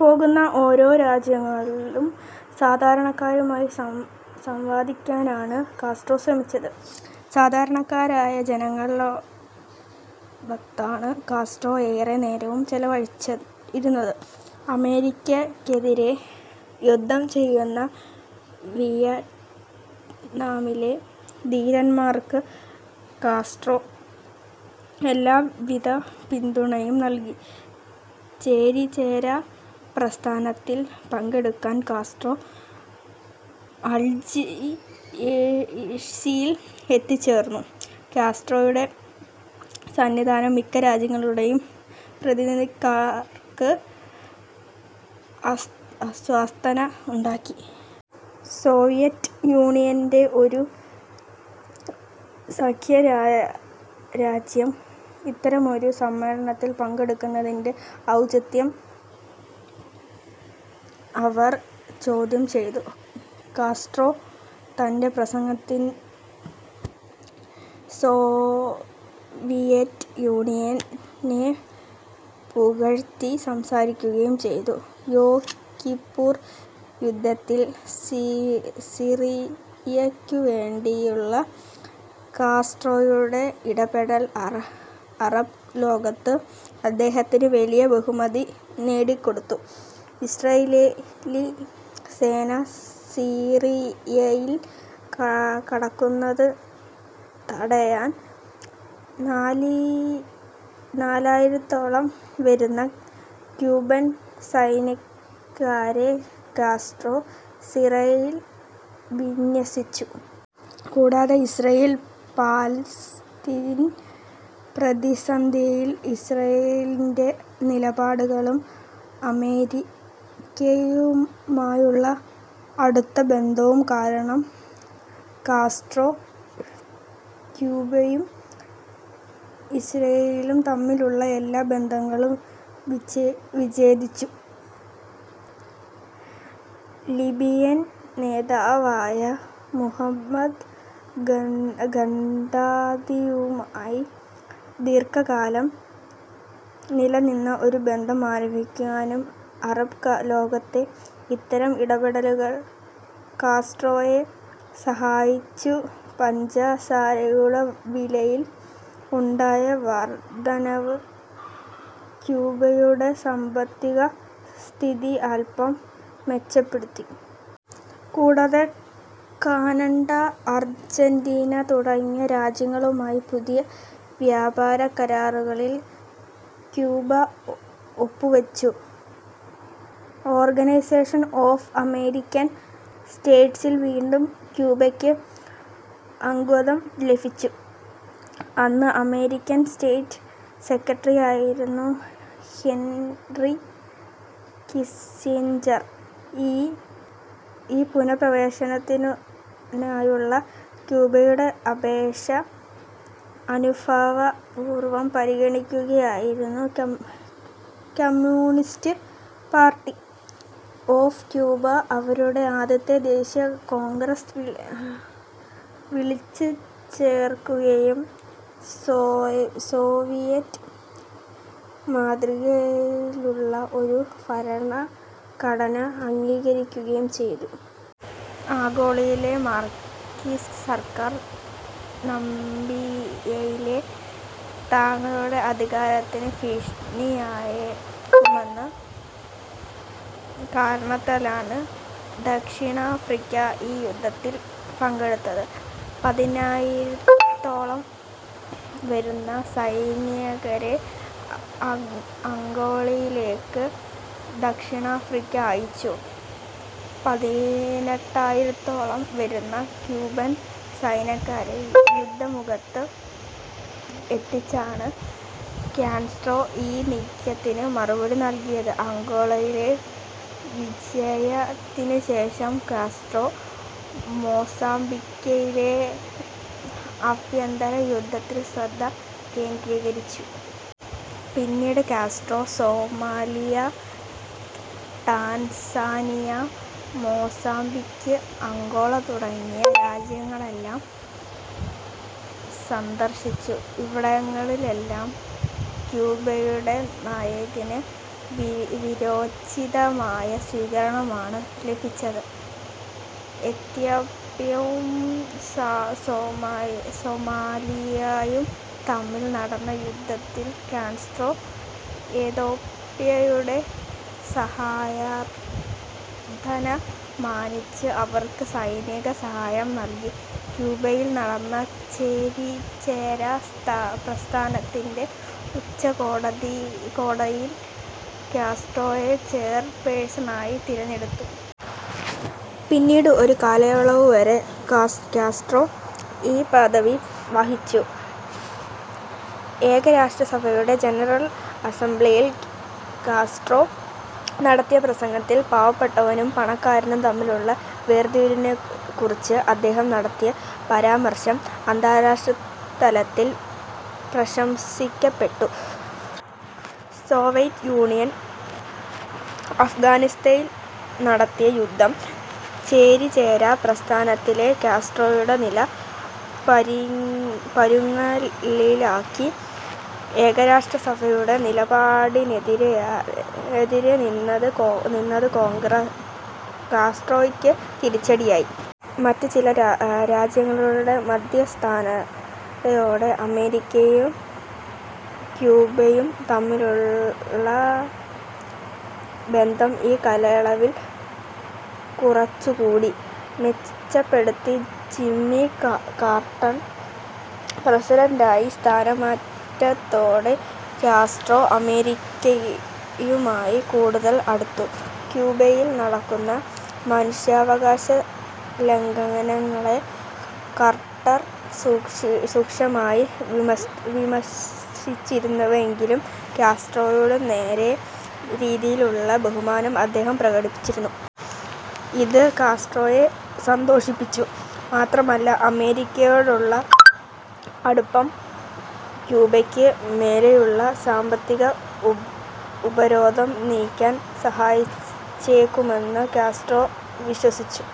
പോകുന്ന ഓരോ രാജ്യങ്ങളിലും സാധാരണക്കാരുമായി സംവദിക്കാനാണ് കാസ്ട്രോ ശ്രമിച്ചത്. സാധാരണക്കാരായ ജനങ്ങളോടൊത്താണ് കാസ്ട്രോ ഏറെ നേരവും ചെലവഴിച്ചിരുന്നത്. അമേരിക്കക്കെതിരെ യുദ്ധം ചെയ്യുന്ന വിയറ്റ്നാമിലെ ധീരന്മാർക്ക് കാസ്ട്രോ എല്ലാ വിധ പിന്തുണയും നൽകി. ചേരിചേരാ പ്രസ്ഥാനത്തിൽ പങ്കെടുക്കാൻ കാസ്ട്രോ അൾജിയേഴ്സിൽ എത്തിച്ചേർന്നു. കാസ്ട്രോയുടെ സാന്നിധ്യം മിക്ക രാജ്യങ്ങളുടെയും പ്രതിനിധികൾക്ക് അസ്വസ്ഥത ഉണ്ടാക്കി. സോവിയറ്റ് യൂണിയൻ്റെ ഒരു സഖ്യരാജ്യം ഇത്തരമൊരു സമ്മേളനത്തിൽ പങ്കെടുക്കുന്നതിൻ്റെ ഔചിത്യം അവർ ചോദ്യം ചെയ്തു. കാസ്ട്രോ തൻ്റെ പ്രസംഗത്തിൽ സോവിയറ്റ് യൂണിയനെ പുകഴ്ത്തി സംസാരിക്കുകയും ചെയ്തു. യോം കിപ്പൂർ യുദ്ധത്തിൽ സിറിയക്കുവേണ്ടിയുള്ള കാസ്ട്രോയുടെ ഇടപെടൽ അറബ് ലോകത്ത് അദ്ദേഹത്തിന് വലിയ ബഹുമതി നേടിക്കൊടുത്തു. ഇസ്രായേലി സേന സിറിയയിൽ കടക്കുന്നത് തടയാൻ നാലായിരത്തോളം വരുന്ന ക്യൂബൻ സൈനികരെ കാസ്ട്രോ സിറിയയിൽ വിന്യസിച്ചു. കൂടാതെ ഇസ്രായേൽ പാലസ്തീൻ പ്രതിസന്ധിയിൽ ഇസ്രായേലിൻ്റെ നിലപാടുകളും അമേരിക്കയുമായുള്ള അടുത്ത ബന്ധവും കാരണം കാസ്ട്രോ ക്യൂബയും ഇസ്രായേലും തമ്മിലുള്ള എല്ലാ ബന്ധങ്ങളും വിച്ഛേദിച്ചു. ലിബിയൻ നേതാവായ മുവമ്മർ ഗദ്ദാഫിയുമായി ദീർഘകാലം നിലനിന്ന ഒരു ബന്ധം ആരംഭിക്കാനും അറബ് ലോകത്തെ ഇത്തരം ഇടപെടലുകൾ കാസ്ട്രോയെ സഹായിച്ചു. പഞ്ചസാരയുടെ വിലയിൽ ഉണ്ടായ വർധനവ് ക്യൂബയുടെ സാമ്പത്തിക സ്ഥിതി അൽപം മെച്ചപ്പെടുത്തി. കൂടാതെ കാനഡ, അർജന്റീന തുടങ്ങിയ രാജ്യങ്ങളുമായി പുതിയ വ്യാപാര കരാറുകളിൽ ക്യൂബ ഒപ്പുവെച്ചു. ഓർഗനൈസേഷൻ ഓഫ് അമേരിക്കൻ സ്റ്റേറ്റ്സിൽ വീണ്ടും ക്യൂബക്ക് അംഗത്വം ലഭിച്ചു. അന്ന് അമേരിക്കൻ സ്റ്റേറ്റ് സെക്രട്ടറിയായിരുന്ന ഹെൻറി കിസ്സിഞ്ചർ ഈ പുനഃപ്രവേശനത്തിനായുള്ള ക്യൂബയുടെ അപേക്ഷ അനുഭാവപൂർവം പരിഗണിക്കുകയായിരുന്നു. കമ്മ്യൂണിസ്റ്റ് പാർട്ടി ഓഫ് ക്യൂബ അവരുടെ ആദ്യത്തെ ദേശീയ കോൺഗ്രസ് വിളിച്ചുചേർക്കുകയും സോവിയറ്റ് മാതൃകയിലുള്ള ഒരു ഭരണഘടന അംഗീകരിക്കുകയും ചെയ്തു. അംഗോളയിലെ മാർക്സിസ്റ്റ് സർക്കാർ നമീബിയയിലെ തങ്ങളുടെ അധികാരത്തിന് ഭീഷണിയായേക്കുമെന്ന കാരണത്താലാണ് ദക്ഷിണാഫ്രിക്ക ഈ യുദ്ധത്തിൽ പങ്കെടുത്തത്. പതിനായിരത്തോളം വരുന്ന സൈനികരെ അംഗോളയിലേക്ക് ദക്ഷിണാഫ്രിക്ക അയച്ചു. പതിനെട്ടായിരത്തോളം വരുന്ന ക്യൂബൻ സൈനികരെ യുദ്ധമുഖത്ത് എത്തിച്ചാണ് കാസ്ട്രോ ഈ നീക്കത്തിന് മറുപടി നൽകിയത്. അംഗോളയിലെ വിജയത്തിനുശേഷം കാസ്ട്രോ മൊസാംബിക്കിലെ ആഭ്യന്തര യുദ്ധത്തിൽ ശ്രദ്ധ കേന്ദ്രീകരിച്ചു. പിന്നീട് Castro Somalia, Tanzania, Mozambique, Angola തുടങ്ങിയ രാജ്യങ്ങളെല്ലാം സന്ദർശിച്ചു. ഇവിടങ്ങളിലെല്ലാം ക്യൂബയുടെ നായകന് വീരോചിതമായ സ്വീകരണമാണ് ലഭിച്ചത്. എത്യോപ്യയും സൊമാലിയയും തമ്മിൽ നടന്ന യുദ്ധത്തിൽ കാസ്ട്രോ എത്യോപ്യയുടെ സഹായാഭ്യർത്ഥന മാനിച്ച് അവർക്ക് സൈനിക സഹായം നൽകി. ക്യൂബയിൽ നടന്ന ചേരിചേരാ പ്രസ്ഥാനത്തിന്റെ ഉച്ചകോടിയിൽ കാസ്ട്രോയെ ചെയർപേഴ്സണായി തിരഞ്ഞെടുത്തു. പിന്നീട് ഒരു കാലയളവുവരെ കാസ്ട്രോ ഈ പദവി വഹിച്ചു. ഐക്യരാഷ്ട്രസഭയുടെ ജനറൽ അസംബ്ലിയിൽ കാസ്ട്രോ നടത്തിയ പ്രസംഗത്തിൽ പാവപ്പെട്ടവനും പണക്കാരനും തമ്മിലുള്ള വേർതിരിവിനെക്കുറിച്ച് അദ്ദേഹം നടത്തിയ പരാമർശം അന്താരാഷ്ട്രതലത്തിൽ പ്രശംസിക്കപ്പെട്ടു. സോവിയറ്റ് യൂണിയൻ അഫ്ഗാനിസ്ഥാനിൽ നടത്തിയ യുദ്ധം ചേരിചേരാ പ്രസ്ഥാനത്തിലെ കാസ്ട്രോയുടെ നില പരുങ്ങലിലാക്കി. ഐക്യരാഷ്ട്രസഭയുടെ നിലപാടിനെതിരായി നിന്നത് കാസ്ട്രോയ്ക്ക് തിരിച്ചടിയായി. മറ്റ് ചില രാജ്യങ്ങളുടെ മധ്യസ്ഥതയോടെ അമേരിക്കയും ക്യൂബയും തമ്മിലുള്ള ബന്ധം ഈ കാലയളവിൽ കുറച്ചുകൂടി മെച്ചപ്പെട്ടു. ജിമ്മി കാർട്ടർ പ്രസിഡന്റായി സ്ഥാനമേറ്റതോടെ കാസ്ട്രോ അമേരിക്കയുമായി കൂടുതൽ അടുത്തു. ക്യൂബയിൽ നടക്കുന്ന മനുഷ്യാവകാശ ലംഘനങ്ങളെ കാർട്ടർ രൂക്ഷമായി വിമർശിച്ചിരുന്നുവെങ്കിലും കാസ്ട്രോയോട് നേരിയ രീതിയിലുള്ള ബഹുമാനം അദ്ദേഹം പ്രകടിപ്പിച്ചിരുന്നു. ഇത് കാസ്ട്രോയെ സന്തോഷിപ്പിച്ചു. മാത്രമല്ല അമേരിക്കയോടുള്ള അടുപ്പം ക്യൂബയ്ക്ക് മേലുള്ള സാമ്പത്തിക ഉപരോധം നീക്കാൻ സഹായിച്ചേക്കുമെന്ന് കാസ്ട്രോ വിശ്വസിച്ചു.